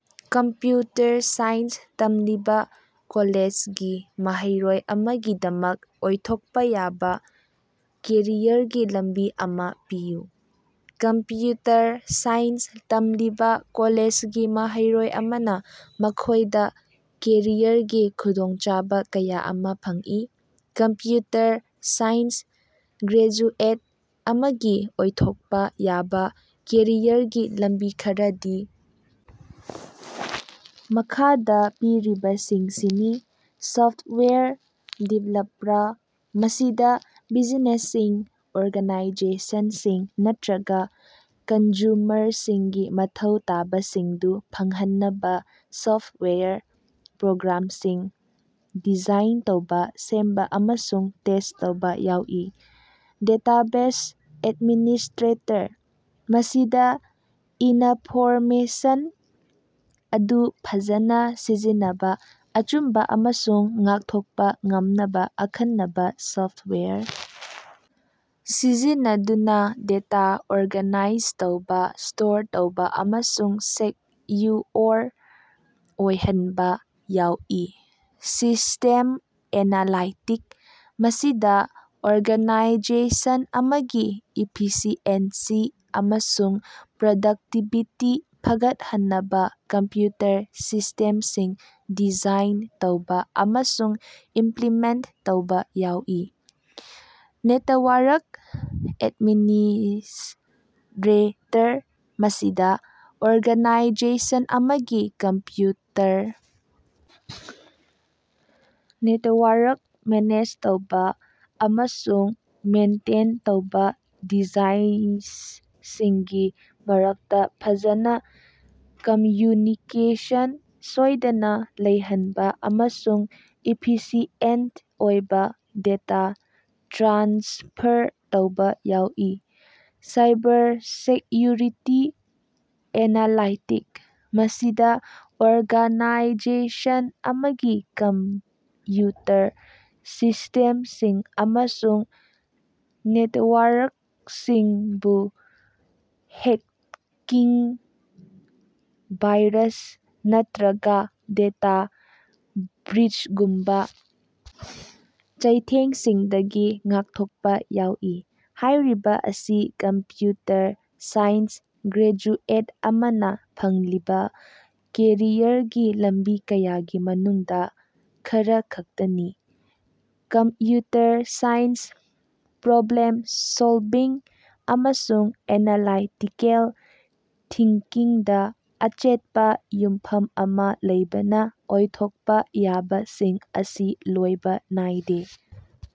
Computer science ꯇꯝꯂꯤꯕ ꯀꯣꯂꯦꯖꯒꯤ ꯃꯍꯩꯔꯣꯏ ꯑꯃꯒꯤꯗꯃꯛ ꯑꯣꯏꯊꯣꯛꯄ ꯌꯥꯕ ꯀꯦꯔꯤꯌꯔꯒꯤ ꯂꯝꯕꯤ ꯑꯃ ꯄꯤꯌꯨ꯫ ꯀꯝꯞꯌꯨꯇꯔ ꯁꯥꯏꯟꯁ ꯇꯝꯂꯤꯕ ꯀꯣꯂꯦꯖꯒꯤ ꯃꯍꯩꯔꯣꯏ ꯑꯃꯅ ꯃꯈꯣꯏꯗ ꯀꯦꯔꯤꯌꯔꯒꯤ ꯈꯨꯗꯣꯡꯆꯥꯕ ꯀꯌꯥ ꯑꯃ ꯐꯪꯏ꯫ ꯀꯝꯄ꯭ꯌꯨꯇꯔ ꯁꯥꯏꯟꯁ ꯒ꯭ꯔꯦꯖꯨꯑꯦꯠ ꯑꯃꯒꯤ ꯑꯣꯏꯊꯣꯛꯄ ꯌꯥꯕ ꯀꯦꯔꯤꯌꯔꯒꯤ ꯂꯝꯕꯤ ꯈꯔꯗꯤ ꯃꯈꯥꯗ ꯄꯤꯔꯤꯕꯁꯤꯡꯁꯤꯅꯤ: ꯁꯣꯐꯇꯋꯦꯌꯔ ꯗꯤꯚꯂꯞꯄ꯭ꯔ: ꯃꯁꯤꯗ ꯕꯤꯖꯤꯅꯦꯁꯁꯤꯡ, ꯑꯣꯔꯒꯥꯅꯥꯏꯖꯦꯁꯟꯁꯤꯡ ꯅꯠꯇ꯭ꯔꯒ ꯀꯟꯖꯨꯃꯔꯁꯤꯡꯒꯤ ꯃꯊꯧ ꯇꯥꯕꯁꯤꯡꯗꯨ ꯐꯪꯍꯟꯅꯕ ꯁꯣꯐꯇꯋꯦꯌꯔ ꯄ꯭ꯔꯣꯒ꯭ꯔꯥꯝꯁꯤꯡ ꯗꯤꯖꯥꯏꯟ ꯇꯧꯕ, ꯁꯦꯝꯕ ꯑꯃꯁꯨꯡ ꯇꯦꯁ꯭ꯠ ꯇꯧꯕ ꯌꯥꯎꯏ꯫ ꯗꯦꯇꯥꯕꯦꯖ ꯑꯦꯗꯃꯤꯅꯤꯁ꯭ꯇꯔꯦꯇꯔ: ꯃꯁꯤꯗ ꯏꯅꯐꯣꯔꯃꯦꯁꯟ ꯑꯗꯨ ꯐꯖꯅ ꯁꯤꯖꯤꯟꯅꯕ, ꯑꯆꯨꯝꯕ ꯑꯃꯁꯨꯡ ꯉꯥꯛꯊꯣꯛꯄ ꯉꯝꯅꯕ ꯑꯈꯟꯅꯕ ꯁꯣꯐꯇꯋꯦꯌꯔ ꯁꯤꯖꯤꯟꯅꯗꯨꯅ ꯗꯦꯇꯥ ꯑꯣꯔꯒꯥꯅꯥꯏꯖ ꯇꯧꯕ, ꯁ꯭ꯇꯣꯔ ꯇꯧꯕ ꯑꯃꯁꯨꯡ ꯁꯦꯛꯌꯨꯑꯣꯔ ꯑꯣꯏꯍꯟꯕ ꯌꯥꯎꯏ꯫ ꯁꯤꯁ꯭ꯇꯦꯝ ꯑꯦꯅꯥꯂꯥꯏꯇꯤꯛ: ꯃꯁꯤꯗ ꯑꯣꯔꯒꯅꯥꯏꯖꯦꯁꯟ ꯑꯃꯒꯤ ꯏꯐꯤꯁꯤꯑꯦꯟꯁꯤ ꯑꯃꯁꯨꯡ ꯄ꯭ꯔꯗꯛꯇꯤꯕꯤꯇꯤ ꯐꯒꯠꯍꯟꯅꯕ ꯀꯝꯄ꯭ꯌꯨꯇꯔ ꯁꯤꯁ꯭ꯇꯦꯝꯁꯤꯡ ꯗꯤꯖꯥꯏꯟ ꯇꯧꯕ ꯑꯃꯁꯨꯡ ꯏꯝꯄ꯭ꯂꯤꯃꯦꯟꯇ ꯇꯧꯕ ꯌꯥꯎꯏ꯫ ꯅꯦꯇꯋꯥꯔꯛ ꯑꯦꯗꯃꯤꯅꯤꯁ꯭ꯠꯔꯦꯇꯔ: ꯃꯁꯤꯗ ꯑꯣꯔꯒꯥꯅꯥꯏꯖꯦꯁꯟ ꯑꯃꯒꯤ ꯀꯝꯞꯌꯨꯇꯔ ꯅꯦꯇꯋꯥꯔꯛ ꯃꯦꯅꯦꯖ ꯇꯧꯕ ꯑꯃꯁꯨꯡ ꯃꯦꯟꯇꯦꯟ ꯇꯧꯕ ꯗꯤꯚꯥꯏꯁꯁꯤꯡꯒꯤ ꯃꯔꯛꯇ ꯐꯖꯅ ꯀꯝꯝꯌꯨꯅꯤꯀꯦꯁꯟ ꯁꯣꯏꯗꯅ ꯂꯩꯍꯟꯕ ꯑꯃꯁꯨꯡ ꯏꯐꯤꯁꯤꯑꯦꯟꯠ ꯑꯣꯏꯕ ꯗꯦꯇꯥ ꯇ꯭ꯔꯥꯟꯁꯐꯔ ꯇꯧꯕ ꯌꯥꯎꯏ꯫ ꯁꯥꯏꯕꯔꯁꯦꯛꯌꯨꯔꯤꯇꯤ ꯑꯦꯅꯥꯂꯥꯏꯇꯤꯛ: ꯃꯁꯤꯗ ꯑꯣꯔꯒꯥꯅꯥꯏꯖꯦꯁꯟ ꯑꯃꯒꯤ ꯀꯝꯞꯌꯨꯇꯔ ꯁꯤꯁ꯭ꯇꯦꯝꯁꯤꯡ ꯑꯃꯁꯨꯡ ꯅꯦꯇꯋꯥꯔꯛꯁꯤꯡꯕꯨ ꯍꯦꯛꯀꯤꯡ, ꯚꯥꯏꯔꯁ, ꯅꯠꯇ꯭ꯔꯒꯥ ꯗꯦꯇꯥ ꯕ꯭ꯔꯤꯆꯒꯨꯝꯕ ꯆꯩꯊꯦꯡꯁꯤꯡꯗꯒꯤ ꯉꯥꯛꯊꯣꯛꯄ ꯌꯥꯎꯏ꯫ ꯍꯥꯏꯔꯤꯕ ꯑꯁꯤ ꯀꯝꯄ꯭ꯌꯨꯇꯔ ꯁꯥꯏꯟꯁ ꯒ꯭ꯔꯦꯖꯨꯑꯦꯠ ꯑꯃꯅ ꯐꯪꯂꯤꯕ ꯀꯦꯔꯤꯌꯔꯒꯤ ꯂꯝꯕꯤ ꯀꯌꯥꯒꯤ ꯃꯅꯨꯡꯗ ꯈꯔꯈꯛꯇꯅꯤ꯫ ꯀꯝꯞꯌꯨꯇꯔ ꯁꯥꯏꯟꯁ, ꯄ꯭ꯔꯣꯕ꯭ꯂꯦꯝ ꯁꯣꯜꯕꯤꯡ, ꯑꯃꯁꯨꯡ ꯑꯦꯅꯥꯂꯥꯏꯇꯤꯀꯦꯜ ꯊꯤꯡꯀꯤꯡꯗ ꯑꯆꯦꯠꯄ ꯌꯨꯝꯐꯝ ꯑꯃ ꯂꯩꯕꯅ ꯑꯣꯏꯊꯣꯛꯄ ꯌꯥꯕꯁꯤꯡ ꯑꯁꯤ ꯂꯣꯏꯕ ꯅꯥꯏꯗꯦ꯫